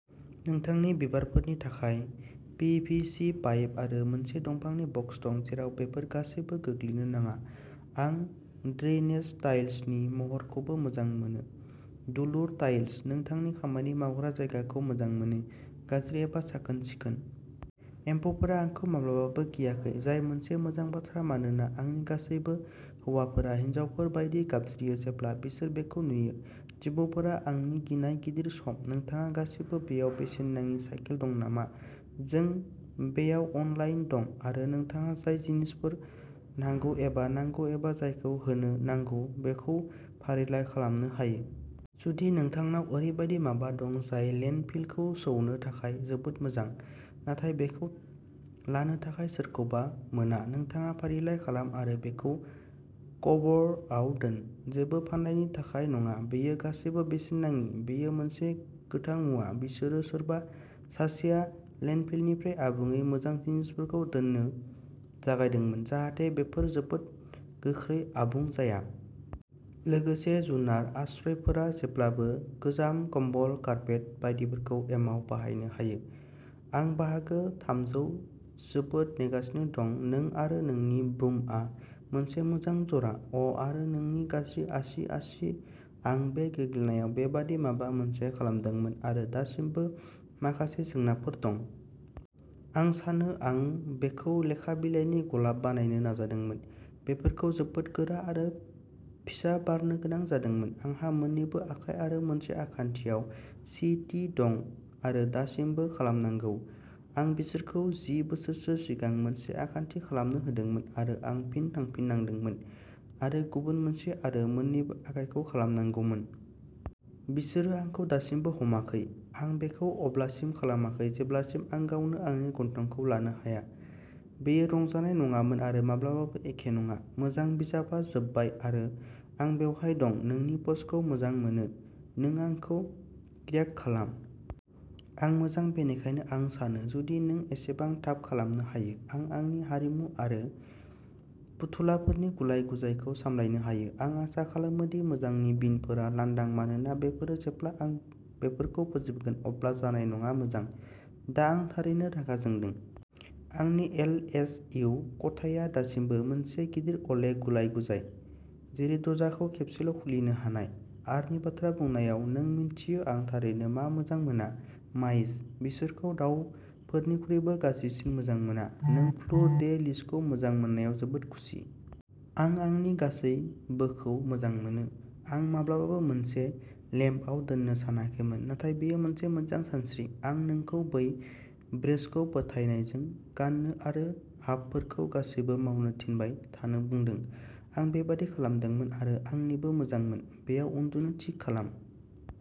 नोंथांनि बिबारफोरनि थाखाय पि भि सि पाइप आरो मोनसे दंफांनि बक्स दं, जेराव बेफोर गासैबो गोग्लैनो नाङा। आं ड्रेनेज टाइल्सनि महरखौबो मोजां मोनो दुलुर टाइल्स! नोंथांनि खामानि मावग्रा जायगाखौ मोजां मोनो, गाज्रि एबा साखोन सिखोन। एम्फौफोरा आंखौ माब्लाबाबो गियाखै, जाय मोनसे मोजां बाथ्रा मानोना आंनि गासैबो हौवाफोरा हिनजावफोर बायदि गाबज्रियो जेब्ला बिसोर बेखौ नुयो। जिबौफोरा आंनि गिनाय गिदिर सम। नोंथांहा गासिबो बेयाव बेसेन नाङि साइकेल दं नामा? जों बेयाव अनलाइन दं आरो नोंथाङा जाय जिनिसफोर नांगौ एबा नांगौ एबा जायखौ होनो नांगौ बेखौ फारिलाइ खालामनो हायो। जुदि नोंथांनाव ओरैबायदि माबा दं जाय लेन्डफिलखौ सौनो थाखाय जोबोद मोजां, नाथाय बेखौ लानो थाखाय सोरखौबा मोना नोंथाङा फारिलाइ खालाम आरो बेखौ कर्बआव दोन। जेबो फाननायनि थाखाय नङा बेयो गासैबो बेसेन नाङि। बेयो मोनसे गोथां मुवा, बिसोरो सोरबा सासेआ लेन्डफिलनिफ्राय आबुङै मोजां जिनिसफोरखौ दोननो जागायदोंमोन जाहाथे बेफोर जोबोद गोख्रै आबुं जाया। लोगोसे जुनार आश्रयफोरा जेब्लाबो गोजाम कम्बल, कार्पेट बायदिफोरखौ एमाव बाहायनो हायो। आं बाहागो थामखौ जोबोद नेगासिनो दं। नों आरो नोंनि ब्रुमआ मोनसे मोजां जरा! अ' आरो नोंनि गाज्रि आसि-आसि! आं बे गोग्लैनायाव बेबादि माबा मोनसे खालामदोंमोन आरो दासिमबो माखासे जेंनाफोर दंमोन। आं सानो आं बेखौ लेखा बिलाइनि गलाब बानायनो नाजादोंमोन, बेफोरखौ जोबोद गोरा आरो फिसा बारनो गोनां जादोंमोन। आंहा मोन्नैबो आखाइ आरो मोनसे आखान्थिआव सि टि दं आरो दासिमबो खालामनांगौ। आं बिसोरखौ जि बोसोरसो सिगां मोनसे आखान्थि खालामनो होदोंमोन आरो आं फिन थांफिननांदोंमोन आरो गुबुन मोनसे आरो मोन्नैबो आखाइखौ खालामनांगौमोन। बिसोरो आंखौ दासिमबो हमाखै। आं बेखौ अब्लासिम खालामाखै जेब्लासिम आं गावनो आंनि गन्थंखौ लानो हाया। बेयो रंजानाय नङामोन आरो माब्लाबाबो एखे नङा। मोजां, बिजाबआ जोबबाय आरो आं बेवहाय दं। नोंनि पस्टखौ मोजां मोनो, नों आंखौ क्र्याक खालाम! मोजां, बेनिखायनो आं सानो जुदि नों एसेबां थाब खालामनो हायो, आं आंनि आरिमु आरो फुथुलाफोरनि गुलाय-गुजायखौ सामलायनो हायो आं आसा खालामो दि मोजांनि बिनफोरा लांदां मानोना बेफोरो जेब्ला आं बेफोरखौ फोजोबगोन अब्ला जानाय नङा मोजां, दा आं थारैनो रागा जोंदों। आंनि एलएसइउ खथाया दासिमबो मोनसे गिदिर अले गुलाय-गुजाय। जेरै दरजाखौ खेबसेल' खुलिनो हानाय। आरनि बाथ्रा बुंनायाव, नों मिन्थियो आं थारैनो मा मोजां मोना? माइस! बिसोरखौ दावफोरनिख्रुइबो गाज्रिसिन मोजां मोना। नों फ्लुर दे लिसखौ मोजां मोननायाव जोबोद खुसि। आं आंनि गासैबोखौ मोजां मोनो! आं माब्लाबाबो मोनसे लेम्पआव दोननो सानाखैमोन नाथाय बेयो मोनसे मोजां सानस्रि। आं नोंखौ बै ब्रेसखौ फोथायनायजों गान्नो आरो हाबफोरखौ गासैबो मावनो थिनबाय थानो बुंदों। आं बेबादि खालामदोंमोन आरो आंनिबो मोजांमोन। बेयाव उन्दुनो थि खालाम!